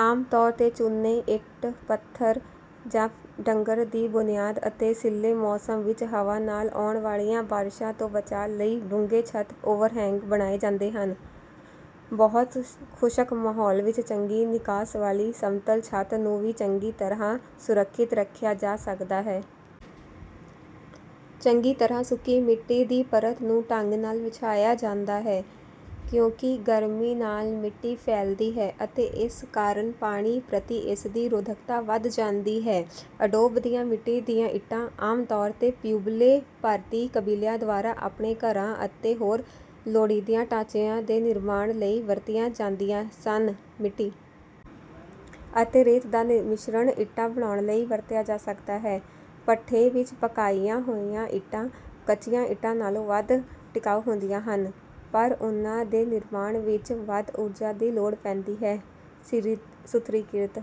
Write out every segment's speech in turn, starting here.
ਆਮ ਤੌਰ ਤੇ ਚੂਨੇ, ਇੱਟ, ਪੱਥਰ ਜਾਂ ਡੰਗਰ ਦੀ ਬੁਨਿਆਦ ਅਤੇ ਸਿੱਲ੍ਹੇ ਮੌਸਮ ਵਿੱਚ ਹਵਾ ਨਾਲ ਆਉਣ ਵਾਲੀਆਂ ਬਾਰਸ਼ਾਂ ਤੋਂ ਬਚਾਅ ਲਈ ਡੂੰਘੇ ਛੱਤ-ਓਵਰਹੈਂਗ ਬਣਾਏ ਜਾਂਦੇ ਹਨ। ਬਹੁਤ ਖੁਸ਼ਕ ਮਾਹੌਲ ਵਿੱਚ ਚੰਗੀ ਨਿਕਾਸ ਵਾਲੀ ਸਮਤਲ ਛੱਤ ਨੂੰ ਵੀ ਚੰਗੀ ਤਰ੍ਹਾਂ ਸੁਰੱਖਿਅਤ ਰੱਖਿਆ ਜਾ ਸਕਦਾ ਹੈ। ਚੰਗੀ ਤਰ੍ਹਾਂ ਸੁੱਕੀ ਮਿੱਟੀ ਦੀ ਪਰਤ ਨੂੰ ਢੰਗ ਨਾਲ ਵਿਛਾਇਆ ਜਾਂਦਾ ਹੈ, ਕਿਉਂਕਿ ਗਰਮੀ ਨਾਲ ਮਿੱਟੀ ਫੈਲਦੀ ਹੈ ਅਤੇ ਇਸ ਕਾਰਨ ਪਾਣੀ ਪ੍ਰਤੀ ਇਸ ਦੀ ਰੋਧਕਤਾ ਵਧ ਜਾਂਦੀ ਹੈ ਅਡੋਬ ਦੀਆਂ ਮਿੱਟੀ ਦੀਆਂ ਇੱਟਾਂ ਆਮ ਤੌਰ ’ਤੇ ਪਿਊਬਲੋ ਭਾਰਤੀ ਕਬੀਲਿਆਂ ਦੁਆਰਾ ਆਪਣੇ ਘਰਾਂ ਅਤੇ ਹੋਰ ਲੋੜੀਂਦੇ ਢਾਂਚਿਆਂ ਦੇ ਨਿਰਮਾਣ ਲਈ ਵਰਤੀਆਂ ਜਾਂਦੀਆਂ ਸਨ। ਮਿੱਟੀ ਅਤੇ ਰੇਤ ਦਾ ਮਿਸ਼ਰਣ ਇੱਟਾਂ ਬਣਾਉਣ ਲਈ ਵਰਤਿਆ ਜਾ ਸਕਦਾ ਹੈ। ਭੱਠੇ ਵਿੱਚ ਪਕਾਈਆਂ ਹੋਈਆਂ ਇੱਟਾਂ ਕੱਚੀਆਂ ਇੱਟਾਂ ਨਾਲੋਂ ਵੱਧ ਟਿਕਾਊ ਹੁੰਦੀਆਂ ਹਨ, ਪਰ ਉਨ੍ਹਾਂ ਦੇ ਨਿਰਮਾਣ ਵਿੱਚ ਵੱਧ ਊਰਜਾ ਦੀ ਲੋੜ ਪੈਂਦੀ ਹੈ। ਸਥਿਰੀਕ੍ਰਿਤ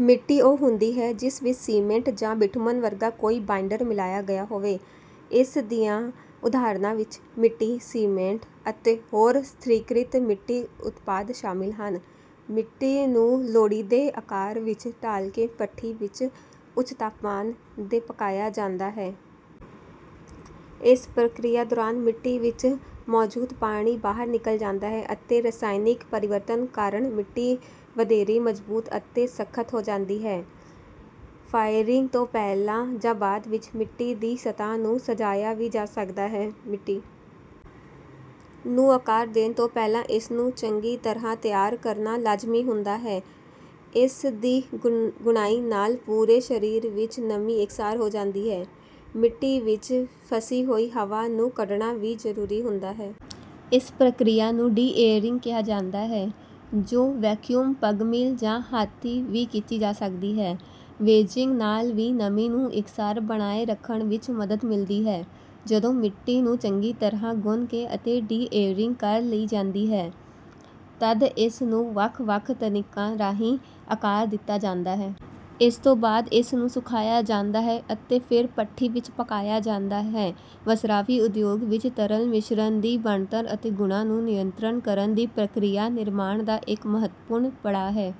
ਮਿੱਟੀ ਉਹ ਹੁੰਦੀ ਹੈ ਜਿਸ ਵਿੱਚ ਸੀਮੈਂਟ ਜਾਂ ਬਿਟੂਮਨ ਵਰਗਾ ਕੋਈ ਬਾਈਂਡਰ ਮਿਲਾਇਆ ਗਿਆ ਹੋਵੇ। ਇਸ ਦੀਆਂ ਉਦਾਹਰਨਾਂ ਵਿੱਚ ਮਿੱਟੀ-ਸੀਮੈਂਟ ਅਤੇ ਹੋਰ ਸਥਿਰੀਕ੍ਰਿਤ ਮਿੱਟੀ ਉਤਪਾਦ ਸ਼ਾਮਲ ਹਨ। ਮਿੱਟੀ ਨੂੰ ਲੋੜੀਂਦੇ ਆਕਾਰ ਵਿੱਚ ਢਾਲ ਕੇ ਭੱਠੀ ਵਿੱਚ ਉੱਚ ਤਾਪਮਾਨ ਤੇ ਪਕਾਇਆ ਜਾਂਦਾ ਹੈ। ਇਸ ਪ੍ਰਕਿਰਿਆ ਦੌਰਾਨ ਮਿੱਟੀ ਵਿੱਚ ਮੌਜੂਦ ਪਾਣੀ ਬਾਹਰ ਨਿਕਲ ਜਾਂਦਾ ਹੈ ਅਤੇ ਰਸਾਇਣਕ ਪਰਿਵਰਤਨਾਂ ਕਾਰਨ ਮਿੱਟੀ ਵਧੇਰੇ ਮਜ਼ਬੂਤ ਅਤੇ ਸਖ਼ਤ ਹੋ ਜਾਂਦੀ ਹੈ। ਫਾਇਰਿੰਗ ਤੋਂ ਪਹਿਲਾਂ ਜਾਂ ਬਾਅਦ ਵਿੱਚ ਮਿੱਟੀ ਦੀ ਸਤ੍ਹਾ ਨੂੰ ਸਜਾਇਆ ਵੀ ਜਾ ਸਕਦਾ ਹੈ। ਮਿੱਟੀ ਨੂੰ ਆਕਾਰ ਦੇਣ ਤੋਂ ਪਹਿਲਾਂ ਇਸ ਨੂੰ ਚੰਗੀ ਤਰ੍ਹਾਂ ਤਿਆਰ ਕਰਨਾ ਲਾਜ਼ਮੀ ਹੁੰਦਾ ਹੈ। ਇਸ ਦੀ ਗੁੰਨਾਈ ਨਾਲ ਪੂਰੇ ਸਰੀਰ ਵਿੱਚ ਨਮੀ ਇੱਕਸਾਰ ਹੋ ਜਾਂਦੀ ਹੈ। ਮਿੱਟੀ ਵਿੱਚ ਫਸੀ ਹੋਈ ਹਵਾ ਨੂੰ ਕੱਢਣਾ ਵੀ ਜ਼ਰੂਰੀ ਹੁੰਦਾ ਹੈ। ਇਸ ਪ੍ਰਕਿਰਿਆ ਨੂੰ ਡੀ-ਏਅਰਿੰਗ ਕਿਹਾ ਜਾਂਦਾ ਹੈ, ਜੋ ਵੈਕਿਊਮ ਪਗ ਮਿਲ ਜਾਂ ਹੱਥੀਂ ਵੀ ਕੀਤੀ ਜਾ ਸਕਦੀ ਹੈ। ਵੇਜਿੰਗ ਨਾਲ ਵੀ ਨਮੀ ਨੂੰ ਇੱਕਸਾਰ ਬਣਾਈ ਰੱਖਣ ਵਿੱਚ ਮਦਦ ਮਿਲਦੀ ਹੈ। ਜਦੋਂ ਮਿੱਟੀ ਨੂੰ ਚੰਗੀ ਤਰ੍ਹਾਂ ਗੁੰਨ ਕੇ ਅਤੇ ਡੀ-ਏਅਰਿੰਗ ਕਰ ਲਈ ਜਾਂਦੀ ਹੈ, ਤਦ ਇਸ ਨੂੰ ਵੱਖ-ਵੱਖ ਤਨੀਕਾਂ ਰਾਹੀਂ ਆਕਾਰ ਦਿੱਤਾ ਜਾਂਦਾ ਹੈ। ਇਸ ਤੋਂ ਬਾਅਦ ਇਸ ਨੂੰ ਸੁਕਾਇਆ ਜਾਂਦਾ ਹੈ ਅਤੇ ਫਿਰ ਭੱਠੀ ਵਿੱਚ ਪਕਾਇਆ ਜਾਂਦਾ ਹੈ ਵਸਰਾਵਿਕ ਉਦਯੋਗ ਵਿੱਚ ਤਰਲ ਮਿਸ਼ਰਣ ਦੀ ਬਣਤਰ ਅਤੇ ਗੁਣਾਂ ਨੂੰ ਨਿਯੰਤਰਿਤ ਕਰਨ ਦੀ ਪ੍ਰਕਿਰਿਆ ਨਿਰਮਾਣ ਦਾ ਇੱਕ ਮਹੱਤਵਪੂਰਨ ਪੜਾਅ ਹੈ।